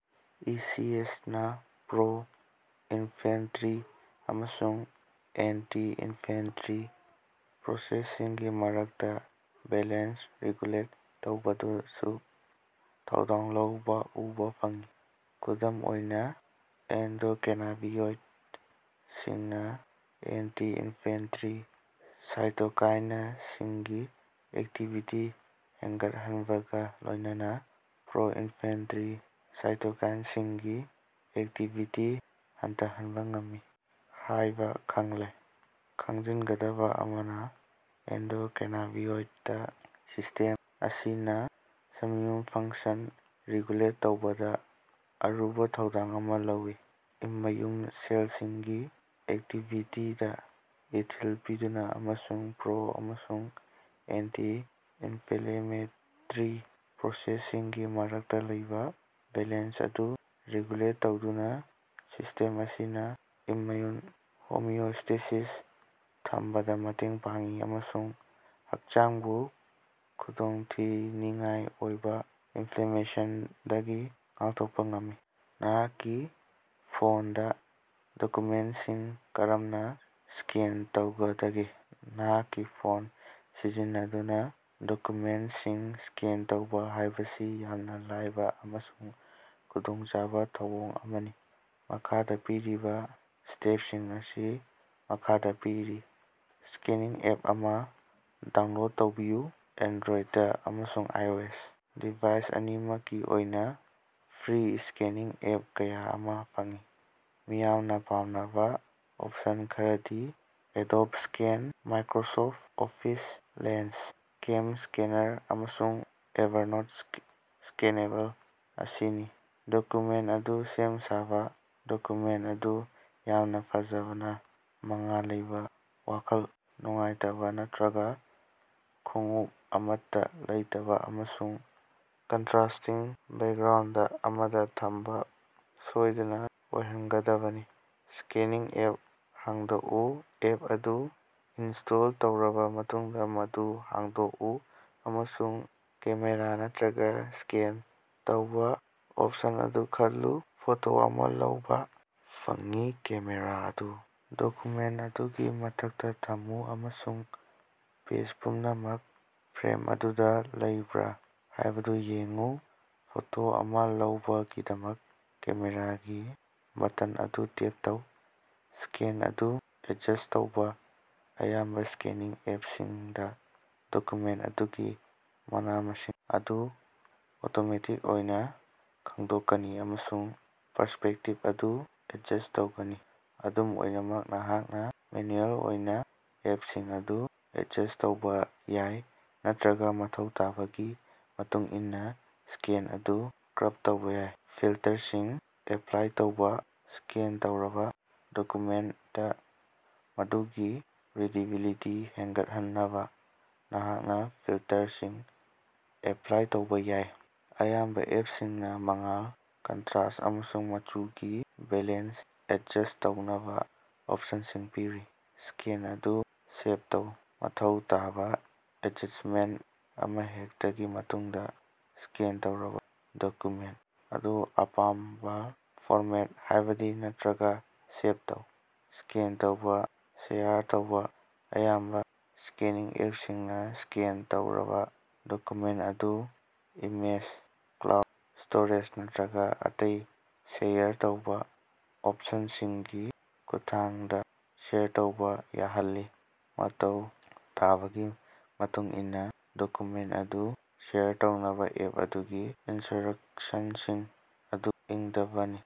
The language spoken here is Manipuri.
ꯏ. ꯁꯤ. ꯑꯦꯁ. ꯅꯥ ꯄ꯭ꯔꯣ-ꯏꯟꯐ꯭ꯂꯦꯃꯦꯇꯔꯤ ꯑꯃꯁꯨꯡ ꯑꯦꯟꯇꯤ-ꯏꯟꯐ꯭ꯂꯦꯃꯦꯇꯔꯤ ꯄ꯭ꯔꯣꯁꯦꯁ ꯁꯤꯡꯒꯤ ꯃꯔꯛꯇ ꯕꯦꯂꯦꯟꯁ ꯔꯤꯒꯨꯂꯦꯠ ꯇꯧꯕꯗꯁꯨ ꯊꯧꯗꯥꯡ ꯂꯧꯕ ꯎꯕ ꯐꯪꯏ꯫ ꯈꯨꯗꯝ ꯑꯣꯏꯅ, ꯑꯦꯟꯗꯣꯀꯦꯅꯥꯕꯤꯅꯣꯏ ꯁꯤꯡꯅ ꯑꯦꯟꯇꯤ-ꯏꯟꯐ꯭ꯂꯦꯃꯦꯇꯔꯤ ꯁꯥꯏꯇꯣꯀꯥꯏꯅ ꯁꯤꯡꯒꯤ ꯑꯦꯛꯇꯤꯚꯤꯇꯤ ꯍꯦꯟꯉꯠꯍꯟꯕꯒ ꯂꯣꯏꯅꯅ ꯄ꯭ꯔꯣ-ꯏꯟꯐ꯭ꯂꯦꯃꯦꯇꯔꯤ ꯁꯥꯏꯇꯣꯀꯥꯏꯟ ꯁꯤꯡꯒꯤ ꯑꯦꯛꯇꯤꯚꯤꯇꯤ ꯍꯟꯊꯍꯟꯕ ꯉꯝꯃꯤ ꯍꯥꯏꯕ ꯈꯪꯂꯦ꯫ ꯈꯪꯖꯤꯟꯒꯗꯕ ꯑꯃꯅ, ꯑꯦꯟꯗꯣꯀꯦꯅꯥꯕꯤꯅꯣꯏꯗ ꯁꯤꯁꯇꯦꯝ ꯑꯁꯤꯅ ꯏꯝꯃ꯭ꯌꯨꯟ ꯐꯪꯁꯟ ꯔꯤꯒꯨꯂꯦꯠ ꯇꯧꯕꯗ ꯑꯔꯨꯕ ꯊꯧꯗꯥꯡ ꯑꯃ ꯂꯧꯏ꯫ ꯏꯝꯃ꯭ꯌꯨꯟ ꯁꯦꯜꯁꯤꯡꯒꯤ ꯑꯦꯛꯇꯤꯚꯤꯇꯤꯗ ꯏꯊꯤꯜ ꯄꯤꯗꯨꯅ ꯑꯃꯁꯨꯡ ꯄ꯭ꯔꯣ- ꯑꯃꯁꯨꯡ ꯑꯦꯟꯇꯤ-ꯏꯟꯐ꯭ꯂꯦꯃꯦꯇꯔꯤ ꯄ꯭ꯔꯣꯁꯦꯁ ꯁꯤꯡꯒꯤ ꯃꯔꯛꯇ ꯂꯩꯕ ꯕꯦꯂꯦꯟꯁ ꯑꯗꯨ ꯔꯤꯒꯨꯂꯦꯠ ꯇꯧꯗꯨꯅ, ꯁꯤꯁꯇꯦꯝ ꯑꯁꯤꯅ ꯏꯝꯃ꯭ꯌꯨꯟ ꯍꯣꯃꯤꯑꯣꯁ꯭ꯇꯦꯁꯤꯁ ꯊꯝꯕꯗ ꯃꯇꯦꯡ ꯄꯥꯡꯏ ꯑꯃꯁꯨꯡ ꯍꯛꯆꯥꯡꯕꯨ ꯈꯨꯗꯣꯡꯊꯤꯅꯤꯉꯥꯏ ꯑꯣꯏꯕ ꯏꯟꯐ꯭ꯂꯦꯃꯦꯁꯟ ꯗꯒꯤ ꯉꯥꯛꯊꯣꯛꯄ ꯉꯝꯃꯤ꯫। ꯅꯍꯥꯛꯀꯤ ꯐꯣꯟꯗ ꯗꯣꯀ꯭ꯌꯨꯃꯦꯟꯇꯁꯤꯡ ꯀꯔꯝꯅ ꯁ꯭ꯀꯦꯟ ꯇꯧꯒꯗꯒꯦ꯫ ꯅꯍꯥꯛꯀꯤ ꯐꯣꯟ ꯁꯤꯖꯤꯟꯅꯗꯨꯅ ꯗꯣꯀ꯭ꯌꯨꯃꯦꯟꯇꯁꯤꯡ ꯁ꯭ꯀꯦꯟ ꯇꯧꯕ ꯍꯥꯏꯕꯁꯤ ꯌꯥꯝꯅ ꯂꯥꯏꯕ ꯑꯃꯁꯨꯡ ꯈꯨꯗꯣꯡꯆꯥꯕ ꯊꯧꯑꯣꯡ ꯑꯃꯅꯤ꯫ ꯃꯈꯥꯗ ꯄꯤꯔꯤꯕ ꯁ꯭ꯇꯦꯞꯁꯤꯡ ꯑꯁꯤ ꯃꯈꯥꯗ ꯄꯤꯔꯤ: ꯁ꯭ꯀꯦꯅꯤꯡ ꯑꯦꯞ ꯑꯃ ꯗꯥꯎꯟꯂꯣꯗ ꯇꯧꯕꯤꯌꯨ: ꯑꯦꯟꯗ꯭ꯔꯣꯏꯗ ꯑꯃꯁꯨꯡ ꯑꯥꯏꯑꯣꯑꯦꯁ ꯗꯤꯚꯥꯏꯁ ꯑꯅꯤꯃꯛꯀꯤ ꯑꯣꯏꯅ ꯐ꯭ꯔꯤ ꯁ꯭ꯀꯦꯅꯤꯡ ꯑꯦꯞ ꯀꯌꯥ ꯑꯃ ꯐꯪꯏ꯫ ꯃꯤꯌꯥꯝꯅ ꯄꯥꯝꯅꯕ ꯑꯣꯞꯁꯟ ꯈꯔꯗꯤ Adobe Scan, Microsoft Office Lens, CamScanner, ꯑꯃꯁꯨꯡ ꯑꯦꯚꯥꯔꯅꯣꯠ ꯁ꯭ꯀꯦꯅꯦꯕꯜ ꯑꯁꯤꯅꯤ꯫ ꯗꯣꯀ꯭ꯌꯨꯃꯦꯟꯇ ꯑꯗꯨ ꯁꯦꯝ-ꯁꯥꯕ: ꯗꯣꯀ꯭ꯌꯨꯃꯦꯟꯇ ꯑꯗꯨ ꯌꯥꯝꯅ ꯐꯖꯕꯅ ꯃꯉꯥꯜ ꯂꯩꯕ, ꯋꯥꯈꯜ ꯅꯨꯡꯉꯥꯏꯇꯕ ꯅꯠꯇꯔꯒ ꯈꯣꯡꯎꯞ ꯑꯃꯠꯇ ꯂꯩꯇꯕ ꯑꯃꯁꯨꯡ ꯀꯟꯇ꯭ꯔꯦꯁ꯭ꯇꯤꯡ ꯕꯦꯛꯒ꯭ꯔꯥꯎꯟꯗ ꯑꯃꯗ ꯊꯝꯕ ꯁꯣꯏꯗꯅ ꯑꯣꯏꯍꯟꯒꯗꯕꯅꯤ꯫ ꯁ꯭ꯀꯦꯅꯤꯡ ꯑꯦꯞ ꯍꯥꯡꯗꯣꯛꯎ: ꯑꯦꯞ ꯑꯗꯨ ꯏꯟꯁ꯭ꯇꯣꯜ ꯇꯧꯔꯕ ꯃꯇꯨꯡꯗ, ꯃꯗꯨ ꯍꯥꯡꯗꯣꯛꯎ ꯑꯃꯁꯨꯡ ꯀꯦꯃꯦꯔꯥ ꯅꯠꯇꯔꯒ ꯁ꯭ꯀꯦꯟ ꯇꯧꯕ ꯑꯣꯞꯁꯟ ꯑꯗꯨ ꯈꯜꯂꯨ꯫ ꯐꯣꯇꯣ ꯑꯃ ꯂꯧꯕ: ꯐꯪꯉꯤ ꯀꯦꯃꯦꯔꯥ ꯑꯗꯨ ꯗꯣꯀ꯭ꯌꯨꯃꯦꯟꯇ ꯑꯗꯨꯒꯤ ꯃꯊꯛꯇ ꯊꯝꯃꯨ ꯑꯃꯁꯨꯡ ꯄꯦꯖ ꯄꯨꯝꯅꯃꯛ ꯐ꯭ꯔꯦꯝ ꯑꯗꯨꯗ ꯂꯩꯕ꯭ꯔ ꯍꯥꯏꯕꯗꯨ ꯌꯦꯡꯎ꯫ ꯐꯣꯇꯣ ꯑꯃ ꯂꯧꯕꯒꯤꯗꯃꯛ ꯀꯦꯃꯦꯔꯥꯒꯤ ꯕꯥꯇꯟ ꯑꯗꯨ ꯇꯦꯞ ꯇꯧ꯫ ꯁ꯭ꯀꯦꯟ ꯑꯗꯨ ꯑꯦꯗꯖꯁ ꯇꯧꯕ: ꯑꯌꯥꯝꯕ ꯁ꯭ꯀꯦꯅꯤꯡ ꯑꯦꯞꯁꯤꯡꯗ ꯗꯣꯀ꯭ꯌꯨꯃꯦꯟꯇ ꯑꯗꯨꯒꯤ ꯃꯅꯥ-ꯃꯁꯤꯡ ꯑꯗꯨ ꯑꯣꯇꯣꯃꯦꯇꯦꯗ ꯑꯣꯏꯅ ꯈꯪꯗꯣꯛꯀꯅꯤ ꯑꯃꯁꯨꯡ ꯄꯔꯁ꯭ꯄꯦꯛꯇꯤꯚ ꯑꯗꯨ ꯑꯦꯗꯖꯁ꯭ꯠ ꯇꯧꯒꯅꯤ꯫ ꯑꯗꯨꯝ ꯑꯣꯏꯅꯃꯛ, ꯅꯍꯥꯛꯅ ꯃꯦꯅ꯭ꯌꯨꯑꯦꯜ ꯑꯣꯏꯅ ꯑꯦꯞꯁꯤꯡ ꯑꯗꯨ ꯑꯦꯗꯖꯁ꯭ꯠ ꯇꯧꯕ ꯌꯥꯏ ꯅꯠꯇꯔꯒ ꯃꯊꯧ ꯇꯥꯕꯒꯤ ꯃꯇꯨꯡꯏꯟꯅ ꯁ꯭ꯀꯦꯟ ꯑꯗꯨ ꯀ꯭ꯔꯣꯞ ꯇꯧꯕ ꯌꯥꯏ꯫ ꯐꯤꯜꯇꯔꯁꯤꯡ ꯑꯦꯄ꯭ꯂꯥꯏ ꯇꯧꯕ: ꯁ꯭ꯀꯦꯟ ꯇꯧꯔꯕ ꯗꯣꯀ꯭ꯌꯨꯃꯦꯟꯇ ꯑꯗꯨꯒꯤ ꯔꯤꯗꯤꯕꯤꯂꯤꯇꯤ ꯍꯦꯟꯒꯠꯍꯟꯅꯕ ꯅꯍꯥꯛꯅ ꯐꯤꯜꯇꯔꯁꯤꯡ ꯑꯦꯄ꯭ꯂꯥꯏ ꯇꯧꯕ ꯌꯥꯏ꯫ ꯑꯌꯥꯝꯕ ꯑꯦꯄꯁꯤꯡꯅ ꯃꯉꯥꯜ, ꯀꯟꯇꯔꯁ꯭ꯠ ꯑꯃꯁꯨꯡ ꯃꯆꯨꯒꯤ ꯕꯦꯂꯦꯟꯁ ꯑꯦꯗꯖꯁ꯭ꯠ ꯇꯧꯅꯕ ꯑꯣꯞꯁꯟ ꯁꯤꯡ ꯄꯤꯔꯤ꯫ ꯁ꯭ꯀꯦꯟ ꯑꯗꯨ ꯁꯦꯚ ꯇꯧ: ꯃꯊꯧ ꯇꯥꯕ ꯑꯦꯗꯖꯁ꯭ꯇꯃꯦꯟꯇ ꯑꯃꯍꯦꯛꯇꯒꯤ ꯃꯇꯨꯡꯗ, ꯁ꯭ꯀꯦꯟ ꯇꯧꯔꯕ ꯗꯣꯀ꯭ꯌꯨꯃꯦꯟꯇ ꯑꯗꯨ ꯑꯄꯥꯝꯕꯥꯜ ꯐꯣꯔꯃꯦꯠꯇ, ꯍꯥꯏꯕꯗꯤ ꯅꯠꯇꯔꯒ ꯁꯦꯚ ꯇꯧ꯫ ꯁ꯭ꯀꯦꯟ ꯇꯧꯕ ꯁꯦꯌꯥꯔ ꯇꯧꯕ: ꯑꯌꯥꯝꯕ ꯁ꯭ꯀꯦꯅꯤꯡ ꯑꯦꯞꯁꯤꯡꯅ ꯁ꯭ꯀꯦꯟ ꯇꯧꯔꯕ ꯗꯣꯀ꯭ꯌꯨꯃꯦꯟꯇ ꯑꯗꯨ ꯏꯃꯦꯏꯜ, ꯀ꯭ꯂꯥꯎꯗ ꯁ꯭ꯇꯣꯔꯦꯖ ꯅꯠꯇꯔꯒ ꯑꯇꯩ ꯁꯦꯌꯔ ꯇꯧꯕ ꯑꯣꯞꯁꯟꯁꯤꯡꯒꯤ ꯈꯨꯠꯊꯥꯡꯗ ꯁꯦꯌꯥꯔ ꯇꯧꯕ ꯌꯥꯍꯜꯂꯤ꯫ ꯃꯊꯧ ꯇꯥꯕꯒꯤ ꯃꯇꯨꯡꯏꯟꯅ ꯗꯣꯀ꯭ꯌꯨꯃꯦꯟꯇ ꯑꯗꯨ ꯁꯦꯌꯥꯔ ꯇꯧꯅꯕ ꯑꯦꯞ ꯑꯗꯨꯒꯤ ꯏꯟꯁ꯭ꯠꯔꯛꯁꯟꯁꯤꯡ ꯑꯗꯨ ꯏꯪꯗꯕꯅꯤ꯫